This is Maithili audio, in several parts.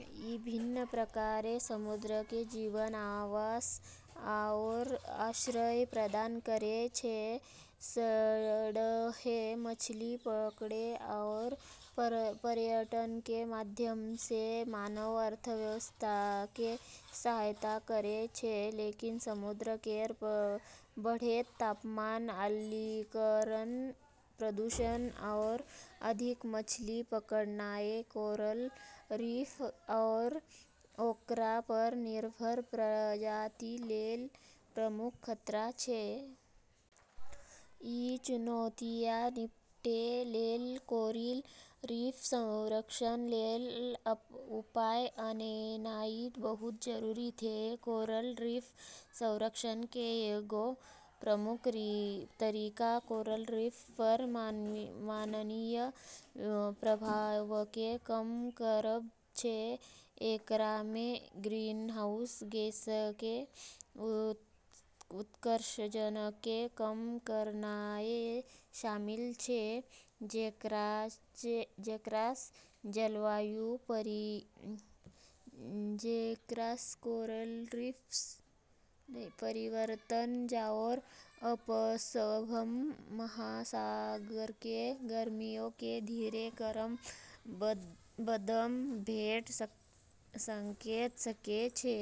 ई विभिन्न प्रकारके समुद्री जीवके आवास आओर आश्रय प्रदान करै छै, सङ्गहेँ मछली पकड़ै आओर पर्यटनके माध्यमसँ मानव अर्थव्यवस्थाके सहायता करै छै। लेकिन, समुद्र केर बढ़ैत तापमान, अम्लीकरण, प्रदूषण, आओर अधिक मछली पकड़नाइ कोरल रीफ आओर ओकरा पर निर्भर प्रजाति लेल प्रमुख खतरा छै। ई चुनौतिसँ निपटै लेल कोरल रीफ संरक्षण लेल उपाय अपनेनाइ बहुत जरूरी छै। कोरल रीफ संरक्षण केर एगो प्रमुख तरीका कोरल रीफ पर मानवीय प्रभावके कम करब छै। एकरामे ग्रीनहाउस गैसके उत्सर्जनके कम करनाइ शामिल छै, जेकरासँ जलवायु परिवर्तन आओर अपनसभक महासागरके गर्मीके धीरे करैमे मदद भेट सकैत सकै छै,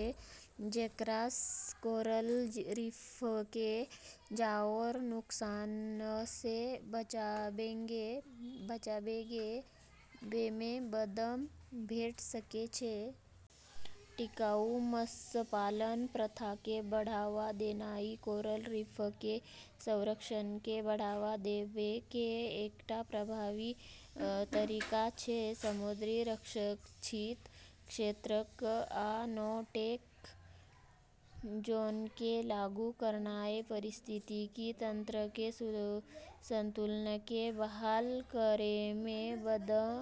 जेकरासँ कोरल रीफके आओर नुकसानसँ बचाबैमे मदद भेट सकै छै। टिकाऊ मत्स्य पालन प्रथाके बढ़ावा देनाइ कोरल रीफके संरक्षणके बढ़ावा देबैके एकटा प्रभावी तरीका छै। समुद्री संरक्षित क्षेत्रक आ नो-टेक जोनके लागू करनाइ पारिस्थितिकी तंत्रके संतुलनके बहाल करैमे मदद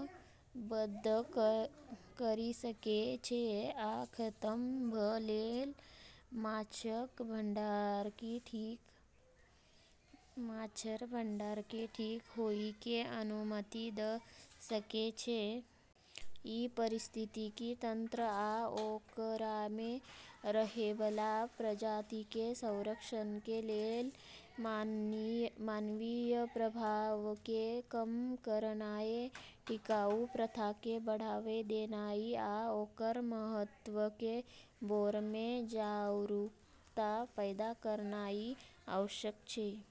करि सकै छै आ खतम भ' गेल माछक भंडारके ठीक होइके अनुमति द' सकै छै। ई पारिस्थितिकी तंत्र आ ओकरामे रहैबला प्रजातिके संरक्षणके लेल मानवीय प्रभावके कम करनाइ, टिकाऊ प्रथाके बढ़ावा देनाइ आ ओकर महत्वके बारेमे जागरूकता पैदा करनाइ आवश्यक छै।